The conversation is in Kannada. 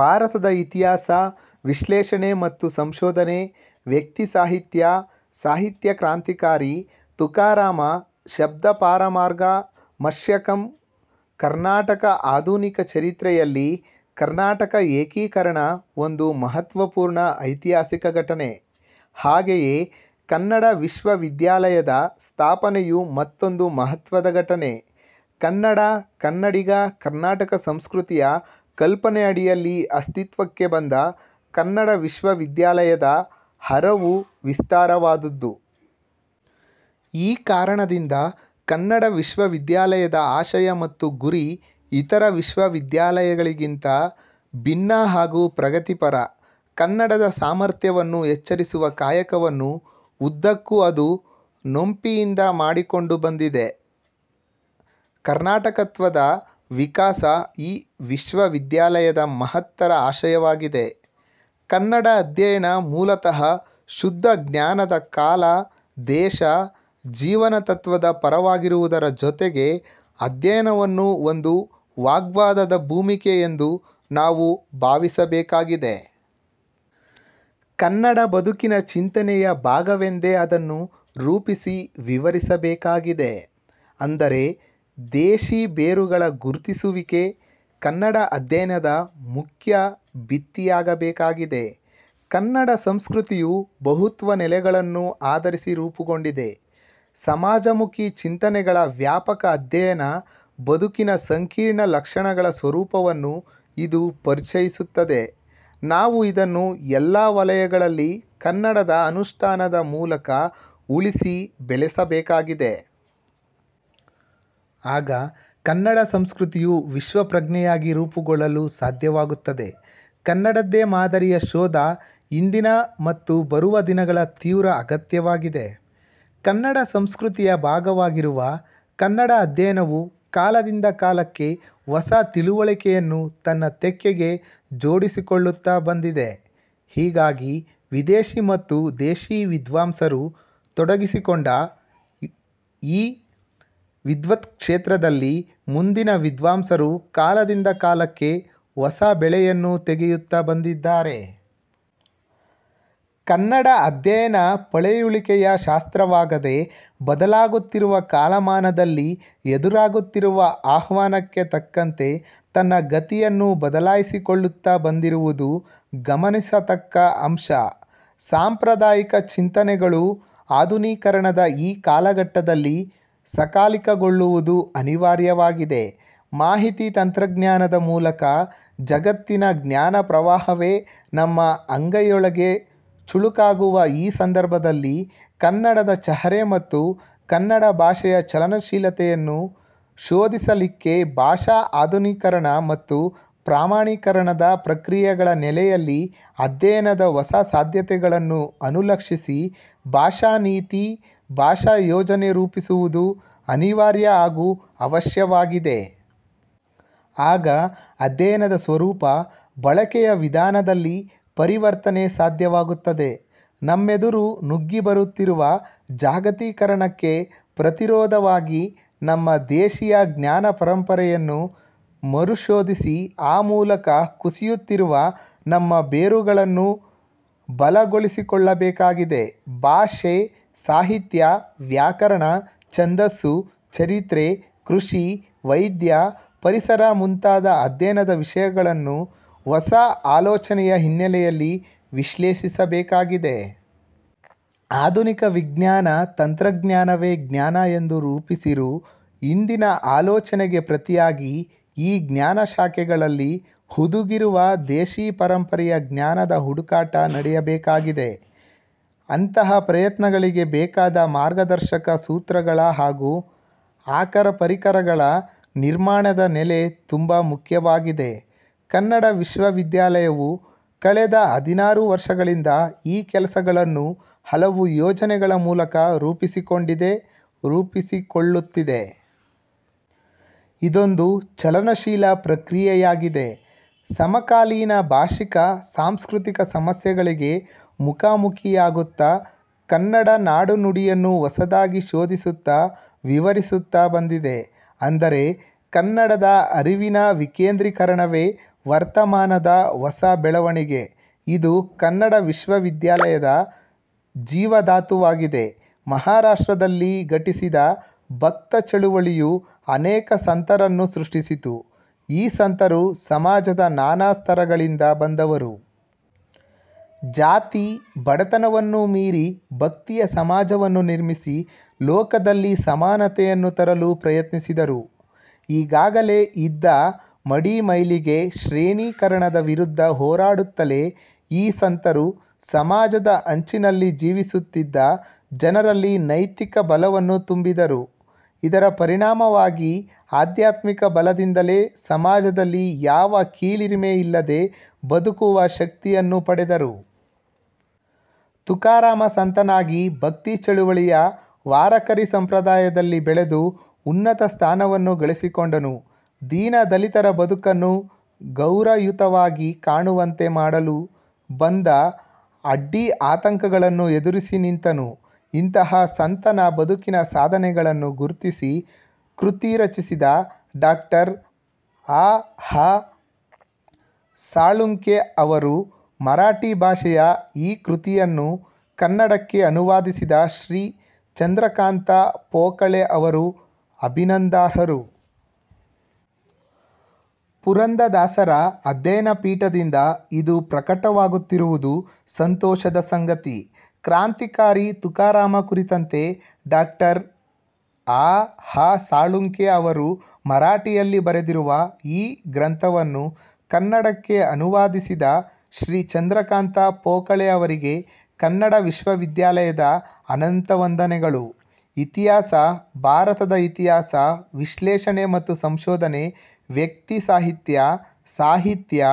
ಭಾರತದ ಇತಿಹಾಸ, ವಿಶ್ಲೇಷಣೆ ಮತ್ತು ಸಂಶೋಧನೆ, ವ್ಯಕ್ತಿಸಾಹಿತ್ಯ, ಸಾಹಿತ್ಯ ಕ್ರಾಂತಿಕಾರಿ ತುಕಾರಾಮ ಶಬ್ದಪಾರಮಾರ್ಗಮಶಕ್ಯಂ ಕರ್ನಾಟಕ ಆಧುನಿಕ ಚರಿತ್ರೆಯಲ್ಲಿ ಕರ್ನಾಟಕ ಏಕೀಕರಣ ಒಂದು ಮಹತ್ವಪೂರ್ಣ ಐತಿಹಾಸಿಕ ಘಟನೆ. ಹಾಗೆಯೇ ಕನ್ನಡ ವಿಶ್ವವಿದ್ಯಾಲಯದ ಸ್ಥಾಪನೆಯೂ ಮತ್ತೊಂದು ಮಹತ್ವದ ಘಟನೆ. ಕನ್ನಡ-ಕನ್ನಡಿಗ-ಕರ್ನಾಟಕ ಸಂಸ್ಕೃತಿಯ ಕಲ್ಪನೆಯಡಿಯಲ್ಲಿ ಅಸ್ತಿತ್ವಕ್ಕೆ ಬಂದ ಕನ್ನಡ ವಿಶ್ವವಿದ್ಯಾಲಯದ ಹರವು ವಿಸ್ತಾರವಾದದ್ದು. ಈ ಕಾರಣದಿಂದ ಕನ್ನಡ ವಿಶ್ವವಿದ್ಯಾಲಯದ ಆಶಯ ಮತ್ತು ಗುರಿ ಇತರ ವಿಶ್ವವಿದ್ಯಾಲಯಗಳಿಗಿಂತ ಭಿನ್ನ ಹಾಗೂ ಪ್ರಗತಿಪರ. ಕನ್ನಡದ ಸಾಮರ್ಥ್ಯವನ್ನು ಎಚ್ಚರಿಸುವ ಕಾಯಕವನ್ನು ಉದ್ದಕ್ಕೂ ಅದು ನೋಂಪಿಯಿಂದ ಮಾಡಿಕೊಂಡು ಬಂದಿದೆ. ಕರ್ನಾಟಕತ್ವದ 'ವಿಕಾಸ' ಈ ವಿಶ್ವವಿದ್ಯಾಲಯದ ಮಹತ್ತರ ಆಶಯವಾಗಿದೆ. ಕನ್ನಡ ಅಧ್ಯಯನ ಮೂಲತಃ ಶುದ್ಧ ಜ್ಞಾನದ, ಕಾಲ, ದೇಶ, ಜೀವನ ತತ್ವದ ಪರವಾಗಿರುವುದರ ಜೊತೆಗೆ ಅಧ್ಯಯನವನ್ನು ಒಂದು ವಾಗ್ವಾದದ ಭೂಮಿಕೆ ಎಂದು ನಾವು ಭಾವಿಸಬೇಕಾಗಿದೆ. ಕನ್ನಡ ಬದುಕಿನ ಚಿಂತನೆಯ ಭಾಗವೆಂದೇ ಅದನ್ನು ರೂಪಿಸಿ ವಿವರಿಸಬೇಕಾಗಿದೆ. ಅಂದರೆ: ದೇಶಿ ಬೇರುಗಳ ಗುರುತಿಸುವಿಕೆ ಕನ್ನಡ ಅಧ್ಯಯನದ ಮುಖ್ಯ ಭಿತ್ತಿಯಾಗಬೇಕಾಗಿದೆ. ಕನ್ನಡ ಸಂಸ್ಕೃತಿಯು ಬಹುತ್ವ ನೆಲೆಗಳನ್ನು ಆಧರಿಸಿ ರೂಪುಗೊಂಡಿದೆ. ಸಮಾಜಮುಖಿ ಚಿಂತನೆಗಳ ವ್ಯಾಪಕ ಅಧ್ಯಯನ ಬದುಕಿನ ಸಂಕೀರ್ಣ ಲಕ್ಷಣಗಳ ಸ್ವರೂಪವನ್ನು ಇದು ಪರಿಚಯಿಸುತ್ತದೆ. ನಾವು ಇದನ್ನು ಎಲ್ಲ ವಲಯಗಳಲ್ಲಿ ಕನ್ನಡದ ಅನುಷ್ಠಾನದ ಮೂಲಕ ಉಳಿಸಿ, ಬೆಳೆಸಬೇಕಾಗಿದೆ. ಆಗ ಕನ್ನಡ ಸಂಸ್ಕೃತಿಯು ವಿಶ್ವಪ್ರಜ್ಞೆಯಾಗಿ ರೂಪುಗೊಳ್ಳಲು ಸಾಧ್ಯವಾಗುತ್ತದೆ. 'ಕನ್ನಡದ್ದೇ ಮಾದರಿ'ಯ ಶೋಧ ಇಂದಿನ ಮತ್ತು ಬರುವ ದಿನಗಳ ತೀವ್ರ ಅಗತ್ಯವಾಗಿದೆ. ಕನ್ನಡ ಸಂಸ್ಕೃತಿಯ ಭಾಗವಾಗಿರುವ ಕನ್ನಡ ಅಧ್ಯಯನವು ಕಾಲದಿಂದ ಕಾಲಕ್ಕೆ ಹೊಸ ತಿಳಿವಳಿಕೆಯನ್ನು ತನ್ನ ತೆಕ್ಕೆಗೆ ಜೋಡಿಸಿಕೊಳ್ಳುತ್ತ ಬಂದಿದೆ. ಹೀಗಾಗಿ ವಿದೇಶಿ ಮತ್ತು ದೇಶಿ ವಿದ್ವಾಂಸರು ತೊಡಗಿಸಿಕೊಂಡ ಈ ವಿದ್ವತ್ಕ್ಷೇತ್ರದಲ್ಲಿ ಮುಂದಿನ ವಿದ್ವಾಂಸರು ಕಾಲದಿಂದ ಕಾಲಕ್ಕೆ ಹೊಸಬೆಳೆಯನ್ನು ತೆಗೆಯುತ್ತ ಬಂದಿದ್ದಾರೆ. ಕನ್ನಡ ಅಧ್ಯಯನ ಪಳೆಯುಳಿಕೆಯ ಶಾಸ್ತ್ರವಾಗದೆ, ಬದಲಾಗುತ್ತಿರುವ ಕಾಲಮಾನದಲ್ಲಿ ಎದುರಾಗುತ್ತಿರುವ ಆಹ್ವಾನಕ್ಕೆ ತಕ್ಕಂತೆ ತನ್ನ ಗತಿಯನ್ನು ಬದಲಾಯಿಸಿಕೊಳ್ಳುತ್ತ ಬಂದಿರುವುದು ಗಮನಿಸತಕ್ಕ ಅಂಶ. ಸಾಂಪ್ರದಾಯಿಕ ಚಿಂತನೆಗಳು ಆಧುನೀಕರಣದ ಈ ಕಾಲಘಟ್ಟದಲ್ಲಿ ಸಕಾಲಿಕಗೊಳ್ಳುವುದು ಅನಿವಾರ್ಯವಾಗಿದೆ. ಮಾಹಿತಿ ತಂತ್ರಜ್ಞಾನದ ಮೂಲಕ ಜಗತ್ತಿನ ಜ್ಞಾನಪ್ರವಾಹವೇ ನಮ್ಮ ಅಂಗೈಯೊಳಗೆ ಚುಳುಕಾಗುವ ಈ ಸಂದರ್ಭದಲ್ಲಿ ಕನ್ನಡದ ಚಹರೆ ಮತ್ತು ಕನ್ನಡ ಭಾಷೆಯ ಚಲನಶೀಲತೆಯನ್ನು ಶೋಧಿಸಲಿಕ್ಕೆ ಭಾಷಾ ಆಧುನೀಕರಣ ಮತ್ತು ಪ್ರಮಾಣೀಕರಣದ ಪ್ರಕ್ರಿಯೆಗಳ ನೆಲೆಯಲ್ಲಿ ಅಧ್ಯಯನದ ಹೊಸ ಸಾಧ್ಯತೆಗಳನ್ನು ಅನುಲಕ್ಷಿಸಿ, ಭಾಷಾನೀತಿ, ಭಾಷಾಯೋಜನೆ ರೂಪಿಸುವುದು ಅನಿವಾರ್ಯ ಹಾಗೂ ಅವಶ್ಯವಾಗಿದೆ. ಆಗ ಅಧ್ಯಯನದ ಸ್ವರೂಪ ಬಳಕೆಯ ವಿಧಾನದಲ್ಲಿ ಪರಿವರ್ತನೆ ಸಾಧ್ಯವಾಗುತ್ತದೆ. ನಮ್ಮೆದುರು ನುಗ್ಗಿ ಬರುತ್ತಿರುವ ಜಾಗತೀಕರಣಕ್ಕೆ ಪ್ರತಿರೋಧವಾಗಿ ನಮ್ಮ ದೇಶೀಯ ಜ್ಞಾನಪರಂಪರೆಯನ್ನು ಮರುಶೋಧಿಸಿ ಆ ಮೂಲಕ ಕುಸಿಯುತ್ತಿರುವ ನಮ್ಮ ಬೇರುಗಳನ್ನು ಬಲಗೊಳ್ಳಿಸಿಕೊಳ್ಳಬೇಕಾಗಿದೆ. ಭಾಷೆ, ಸಾಹಿತ್ಯ, ವ್ಯಾಕರಣ, ಛಂದಸ್ಸು, ಚರಿತ್ರೆ, ಕೃಷಿ, ವೈದ್ಯ, ಪರಿಸರ ಮುಂತಾದ ಅಧ್ಯಯನ ವಿಷಯಗಳನ್ನು ಹೊಸ ಆಲೋಚನೆಯ ನೆಲೆಯಲ್ಲಿ ವಿಶ್ಲೇಷಿಸಬೇಕಾಗಿದೆ. ಆಧುನಿಕ ವಿಜ್ಞಾನ, ತಂತ್ರಜ್ಞಾನವೇ 'ಜ್ಞಾನ' ಎಂದು ರೂಪಿಸಿರು ಇಂದಿನ ಆಲೋಚನೆಗೆ ಪ್ರತಿಯಾಗಿ ಈ ಜ್ಞಾನಶಾಖೆಗಳಲ್ಲಿ ಹುದುಗಿರುವ ದೇಶಿ ಪರಂಪರೆಯ ಜ್ಞಾನದ ಹುಟುಕಾಟ ನಡೆಯಬೇಕಾಗಿದೆ. ಅಂತಹ ಪ್ರಯತ್ನಗಳಿಗೆ ಬೇಕಾದ ಮಾರ್ಗದರ್ಶಕ ಸೂತ್ರಗಳ ಹಾಗೂ ಆಕರ ಪರಿಕರಗಳ ನಿರ್ಮಾಣದ ನೆಲೆ ತುಂಬ ಮುಖ್ಯವಾಗಿದೆ. ಕನ್ನಡ ವಿಶ್ವವಿದ್ಯಾಲಯವು ಕಳೆದ ಹದಿನಾರು ವರ್ಷಗಳಿಂದ ಈ ಕೆಲಸಗಳನ್ನು ಹಲವು ಯೋಜನೆಗಳ ಮೂಲಕ ರೂಪಿಸಿಕೊಂಡಿದೆ, ರೂಪಿಸಿಕೊಳ್ಳುತ್ತಿದೆ. ಇದೊಂದು ಚಲನಶೀಲ ಪ್ರಕ್ರಿಯೆಯಾಗಿದೆ. ಸಮಕಾಲೀನ ಭಾಷಿಕ, ಸಾಂಸ್ಕೃತಿಕ ಸಮಸ್ಯೆಗಳಿಗೆ ಮುಖಾಮುಖಿಯಾಗುತ್ತ ಕನ್ನಡ ನಾಡುನುಡಿಯನ್ನು ಹೊಸದಾಗಿ ಶೋಧಿಸುತ್ತಾ, ವಿವರಿಸುತ್ತಾ ಬಂದಿದೆ. ಅಂದರೆ:ಕನ್ನಡದ ಅರಿವಿನ ವಿಕೇಂದ್ರೀಕರಣವೇ ವರ್ತಮಾನದ ಹೊಸ ಬೆಳವಣಿಗೆ. ಇದು ಕನ್ನಡ ವಿಶ್ವವಿದ್ಯಾಲಯದ ಜೀವಧಾತುವಾಗಿದೆ. ಮಹಾರಾಷ್ಟ್ರದಲ್ಲಿ ಘಟಿಸಿದ ಭಕ್ತ ಚಳುವಳಿಯು ಅನೇಕ ಸಂತರನ್ನು ಸೃಷ್ಟಿಸಿತು. ಈ ಸಂತರು ಸಮಾಜದ ನಾನಾ ಸ್ತರಗಳಿಂದ ಬಂದವರು. ಜಾತಿ, ಬಡತನವನ್ನು ಮೀರಿ ಭಕ್ತಿಯ ಸಮಾಜವನ್ನು ನಿರ್ಮಿಸಿ, ಲೋಕದಲ್ಲಿ ಸಮಾನತೆಯನ್ನು ತರಲು ಪ್ರಯತ್ನಿಸಿದರು. ಈಗಾಗಲೇ ಇದ್ದ ಮಡಿ-ಮೈಲಿಗೆ, ಶ್ರೇಣಿಕರಣದ ವಿರುದ್ಧ ಹೋರಾಡುತ್ತಲೇ ಈ ಸಂತರು ಸಮಾಜದ ಅಂಚಿನಲ್ಲಿ ಜೀವಿಸುತ್ತಿದ್ದ ಜನರಲ್ಲಿ ನೈತಿಕ ಬಲವನ್ನು ತುಂಬಿದರು. ಇದರ ಪರಿಣಾಮವಾಗಿ ಆಧ್ಯಾತ್ಮಿಕ ಬಲದಿಂದಲೇ ಸಮಾಜದಲ್ಲಿ ಯಾವ ಕೀಳರಿಮೆ ಇಲ್ಲದೆ ಬದುಕುವ ಶಕ್ತಿಯನ್ನು ಪಡೆದರು. ತುಕಾರಾಮ ಸಂತನಾಗಿ ಭಕ್ತಿ ಚಳುವಳಿಯ 'ವಾರಕರಿ' ಸಂಪ್ರದಾಯದಲ್ಲಿ ಬೆಳೆದು ಉನ್ನತ ಸ್ಥಾನವನ್ನು ಗಳಿಸಿಕೊಂಡನು. ದೀನ ದಲಿತರ ಬದುಕನ್ನು ಗೌರಯುತವಾಗಿ ಕಾಣುವಂತೆ ಮಾಡಲು ಬಂದ ಅಡ್ಡಿ-ಆತಂಕಗಳನ್ನು ಎದುರಿಸಿ ನಿಂತನು. ಇಂಥ ಸಂತನ ಬದುಕಿನ ಸಾಧನೆಗಳನ್ನು ಗುರುತಿಸಿ ಕೃತಿ ರಚಿಸಿದ ಡಾ. ಆ. ಹ. ಸಾಳುಂಖೆ ಅವರು ಮರಾಠಿ ಭಾಷೆಯ ಈ ಕೃತಿಯನ್ನು ಕನ್ನಡಕ್ಕೆ ಅನುವಾದಿಸಿದ ಶ್ರೀ ಚಂದ್ರಕಾಂತ ಪೋಕಳೆ ಅವರು ಅಭಿನಂದನಾರ್ಹರು. 'ಪುರಂದರದಾಸರ ಆಧ್ಯಯನ ಪೀಠ' ದಿಂದ ಇದು ಪ್ರಕಟವಾಗುತ್ತಿರುವುದು ಸಂತೋಷದ ಸಂಗತಿ ಕ್ರಾಂತಿಕಾರಿ ತುಕಾರಾಮ ಕುರಿತಂತೆ ಡಾ. ಆ. ಹ. ಸಾಳುಂಖೆ ಅವರು ಮರಾಠಿಯಲ್ಲಿ ಬರೆದಿರುವ ಈ ಗ್ರಂಥವನ್ನು ಕನ್ನಡಕ್ಕೆ ಅನುವಾದಿಸಿದ ಶ್ರೀ ಚಂದ್ರಕಾಂತ ಪೋಕಳೆ ಅವರಿಗೆ ಕನ್ನಡ ವಿಶ್ವವಿದ್ಯಾಲಯದ ಅನಂತ ವಂದನೆಗಳು, ಇತಿಹಾಸ, ಭಾರತದ ಇತಿಹಾಸ, ವಿಶ್ಲೇಷಣೆ ಮತ್ತು ಸಂಶೋಧನೆ, ವ್ಯಕ್ತಿಸಾಹಿತ್ಯ, ಸಾಹಿತ್ಯ